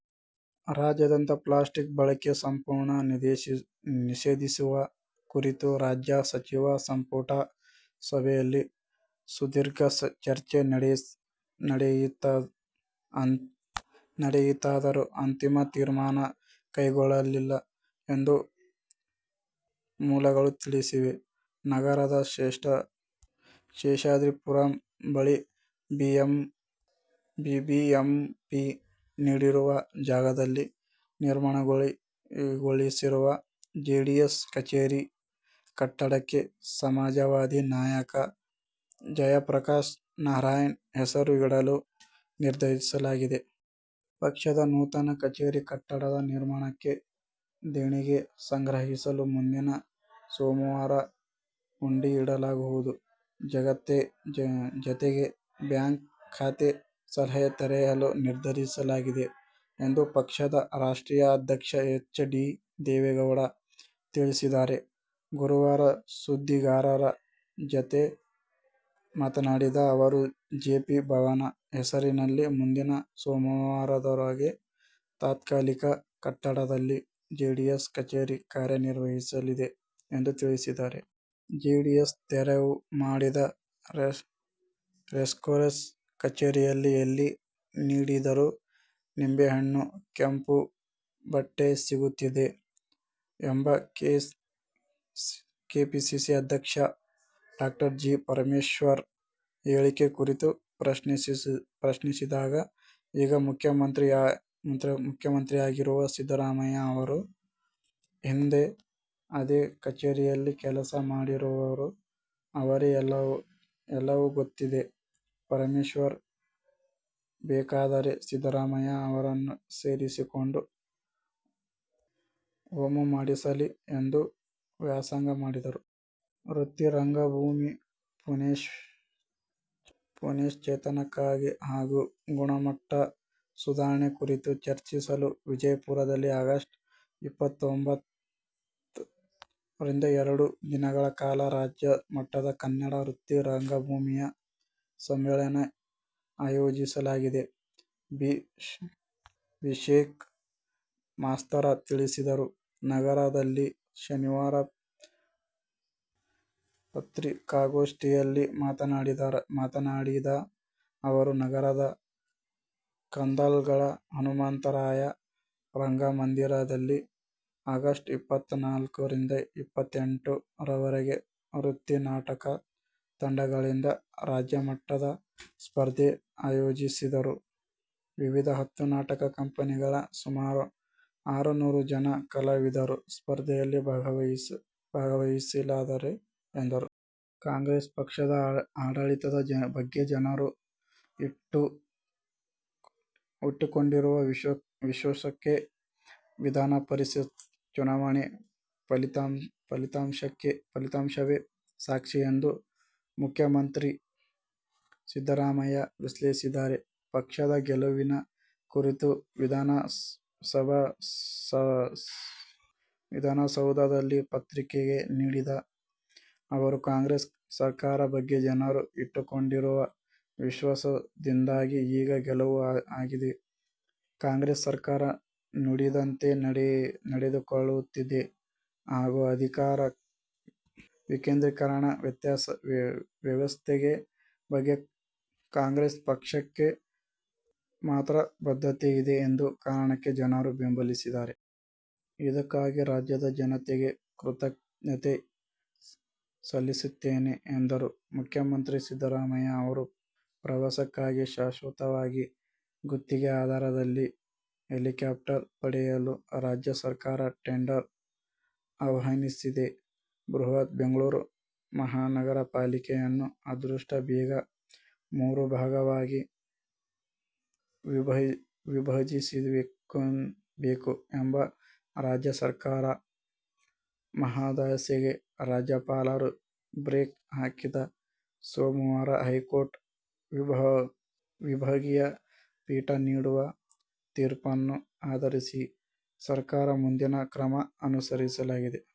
ರಾಜ್ಯಾದ್ಯಂತ ಪ್ಲಾಸ್ಟಿಕ್ ಬಳಕೆ ಸಂಪೂರ್ಣ ನಿಷೇಧಿಸುವ ಕುರಿತು ರಾಜ್ಯ ಸಚಿವ ಸಂಪುಟ ಸಭೆಯಲ್ಲಿ ಸುದೀರ್ಘ ಚರ್ಚೆ ನಡೆಯಿತಾದರೂ ಅಂತಿಮ ತೀರ್ಮಾನ ಕೈಗೊಳ್ಳಲಿಲ್ಲ ಎಂದು ಮೂಲಗಳು ತಿಳಿಸಿವೆ. ನಗರದ ಶೇಷಾದ್ರಿಪುರಂ ಬಳಿ ಬಿಬಿಎಂಪಿ ನೀಡಿರುವ ಜಾಗದಲ್ಲಿ ನಿರ್ಮಾಣಗೊಳ್ಳಲಿರುವ ಜೆಡಿಎಸ್ ಕಚೇರಿ ಕಟ್ಟಡಕ್ಕೆ ಸಮಾಜವಾದಿ ನಾಯಕ ಜಯಪ್ರಕಾಶ್ ನಾರಾಯಣ್ ಹೆಸರು ಇಡಲು ನಿರ್ಧರಿಸಲಾಗಿದೆ. ಪಕ್ಷದ ನೂತನ ಕಚೇರಿ ಕಟ್ಟಡ ನಿರ್ಮಾಣಕ್ಕೆ ದೇಣಿಗೆ ಸಂಗ್ರಹಿಸಲು ಮುಂದಿನ ಸೋಮವಾರ ಹುಂಡಿ ಇಡಲಾಗುವುದು. ಜತೆಗೆ ಬ್ಯಾಂಕ್ ಖಾತೆ ಸಹ ತೆರೆಯಲು ನಿರ್ಧರಿಸಲಾಗಿದೆ ಎಂದು ಪಕ್ಷದ ರಾಷ್ಟ್ರೀಯ ಅಧ್ಯಕ್ಷ ಎಚ್. ಡಿ. ದೇವೇಗೌಡ ತಿಳಿಸಿದ್ದಾರೆ. ಗುರುವಾರ ಸುದ್ದಿಗಾರರ ಜತೆ ಮಾತನಾಡಿದ ಅವರು, ಜೆಪಿ ಭವನ ಹೆಸರಿನಲ್ಲಿ ಮುಂದಿನ ಸೋಮವಾರದೊಳಗೆ ತಾತ್ಕಾಲಿಕ ಕಟ್ಟಡದಲ್ಲಿ ಜೆಡಿಎಸ್ ಕಚೇರಿ ಕಾರ್ಯನಿರ್ವಹಿಸಲಿದೆ ಎಂದು ತಿಳಿಸಿದರು. ಜೆಡಿಎಸ್ ತೆರವು ಮಾಡಿದ ರೇಸ್ಕೋರ್ಸ್ ಕಚೇರಿಯಲ್ಲಿ ಎಲ್ಲಿ ನೋಡಿದರೂ ನಿಂಬೆಹಣ್ಣು, ಕೆಂಪುಬಟ್ಟೆ ಸಿಗುತ್ತಿದೆ ಎಂಬ ಕೆಪಿಸಿಸಿ ಅಧ್ಯಕ್ಷ ಡಾ ಜಿ. ಪರಮೇಶ್ವರ್ ಹೇಳಿಕೆ ಕುರಿತು ಪ್ರಶ್ನಿಸಿದಾಗ, ಈಗ ಮುಖ್ಯಮಂತ್ರಿಯಾಗಿರುವ ಸಿದ್ದರಾಮಯ್ಯ ಅವರೂ ಹಿಂದೆ ಅದೇ ಕಚೇರಿಯಲ್ಲಿ ಕೆಲಸ ಮಾಡಿದವರು. ಅವರಿಗೆ ಎಲ್ಲವೂ ಗೊತ್ತಿದೆ. ಪರಮೇಶ್ವರ್ ಬೇಕಾದರೆ ಸಿದ್ದರಾಮಯ್ಯ ಅವರನ್ನೂ ಸೇರಿಸಿಕೊಂಡು ಹೋಮ ಮಾಡಿಸಲಿ ಎಂದು ವ್ಯಂಗ್ಯವಾಡಿದರು. ವೃತ್ತಿ ರಂಗಭೂಮಿ ಪುನಶ್ಚೇತನಕ್ಕಾಗಿ ಹಾಗೂ ಗುಣಮಟ್ಟ ಸುಧಾರಣೆ ಕುರಿತು ಚರ್ಚಿಸಲು ವಿಜಯಪುರದಲ್ಲಿ ಆಗಸ್ಟ್ ಇಪ್ಪತ್ತೊಂಬತ್ತ ರಿಂದ ಎರಡು ದಿನಗಳ ಕಾಲ ರಾಜ್ಯಮಟ್ಟದ ಕನ್ನಡ ವೃತ್ತಿ ರಂಗಭೂಮಿಯ ಸಮ್ಮೇಳನ ಆಯೋಜಿಸಲಾಗಿದೆ. ಬಿ. ಶೇಖ್ ಮಾಸ್ತರ ತಿಳಿಸಿದರು. ನಗರದಲ್ಲಿ ಶನಿವಾರ ಪತ್ರಿಕಾಗೋಷ್ಠಿಯಲ್ಲಿ ಮಾತನಾಡಿದ ಅವರು, ನಗರದ ಕಂದಗಲ್ ಹನುಮಂತರಾಯ ರಂಗಮಂದಿರದಲ್ಲಿ ಆಗಸ್ಟ್ ಇಪ್ಪತ್ತನಾಲ್ಕ ರಿಂದ ಇಪ್ಪತ್ತೆಂಟು ರವರೆಗೆ ವೃತ್ತಿ ನಾಟಕ ತಂಡಗಳಿಂದ ರಾಜ್ಯಮಟ್ಟದ ಸ್ಪರ್ಧೆ ಆಯೋಜಿಸಿದ್ದು, ವಿವಿಧ ಹತ್ತು ನಾಟಕ ಕಂಪನಿಗಳ ಸುಮಾರು ಆರುನ್ನೂರು ಜನ ಕಲಾವಿದರು ಸ್ಪರ್ಧೆಯಲ್ಲಿ ಭಾಗವಹಿಸಲಿದ್ದಾರೆ ಎಂದರು. ಕಾಂಗ್ರೆಸ್ ಪಕ್ಷದ ಆಡಳಿತದ ಬಗ್ಗೆ ಜನರು ಇಟ್ಟುಕೊಂಡಿರುವ ವಿಶ್ವಾಸಕ್ಕೆ ವಿಧಾನಪರಿಷತ್ ಚುನಾವಣೆ ಫಲಿತಾಂಶವೇ ಸಾಕ್ಷಿ ಎಂದು ಮುಖ್ಯಮಂತ್ರಿ ಸಿದ್ದರಾಮಯ್ಯ ವಿಶ್ಲೇಷಿಸಿದ್ದಾರೆ. ಪಕ್ಷದ ಗೆಲುವಿನ ಕುರಿತು ವಿಧಾನಸೌಧದಲ್ಲಿ ಪ್ರತಿಕ್ರಿಯೆ ನೀಡಿದ ಅವರು, ಕಾಂಗ್ರೆಸ್ ಸರ್ಕಾರದ ಬಗ್ಗೆ ಜನರು ಇಟ್ಟುಕೊಂಡಿರುವ ವಿಶ್ವಾಸದಿಂದಾಗಿ ಈ ಗೆಲುವು ಆಗಿದೆ. ಕಾಂಗ್ರೆಸ್ ಸರ್ಕಾರ ನುಡಿದಂತೆ ನಡೆದುಕೊಳ್ಳುತ್ತಿದೆ ಹಾಗೂ ಅಧಿಕಾರ ವಿಕೇಂದ್ರೀಕರಣ ವ್ಯವಸ್ಥೆ ಬಗ್ಗೆ ಕಾಂಗ್ರೆಸ್ ಪಕ್ಷಕ್ಕೆ ಮಾತ್ರ ಬದ್ಧತೆ ಇದೆ ಎಂಬ ಕಾರಣಕ್ಕೆ ಜನರು ಬೆಂಬಲಿಸಿದ್ದಾರೆ. ಇದಕ್ಕಾಗಿ ರಾಜ್ಯದ ಜನತೆಗೆ ಕೃತಜ್ಞತೆ ಸಲ್ಲಿಸುತ್ತೇನೆ ಎಂದರು. ಮುಖ್ಯಮಂತ್ರಿ ಸಿದ್ದರಾಮಯ್ಯ ಅವರ ಪ್ರವಾಸಕ್ಕಾಗಿ ಶಾಶ್ವತವಾಗಿ ಗುತ್ತಿಗೆ ಆಧಾರದಲ್ಲಿ ಹೆಲಿಕಾಪ್ಟರ್ ಪಡೆಯಲು ರಾಜ್ಯ ಸರ್ಕಾರ ಟೆಂಡರ್ ಆಹ್ವಾನಿಸಿದೆ. ಬೃಹತ್ ಬೆಂಗಳೂರು ಮಹಾನಗರ ಪಾಲಿಕೆಯನ್ನು ಆದಷ್ಟು ಬೇಗ ಮೂರು ಭಾಗವಾಗಿ ವಿಭಜಿಸಬೇಕು ಎಂಬ ರಾಜ್ಯ ಸರ್ಕಾರದ ಮಹದಾಸೆಗೆ ರಾಜ್ಯಪಾಲರು ಬ್ರೇಕ್ ಹಾಕಿದ್ದು, ಸೋಮವಾರ ಹೈಕೋರ್ಟ್ ವಿಭಾಗೀಯ ಪೀಠ ನೀಡುವ ತೀರ್ಪನ್ನು ಆಧರಿಸಿ ಸರ್ಕಾರ ಮುಂದಿನ ಕ್ರಮ ಅನುಸರಿಸಲಿದೆ.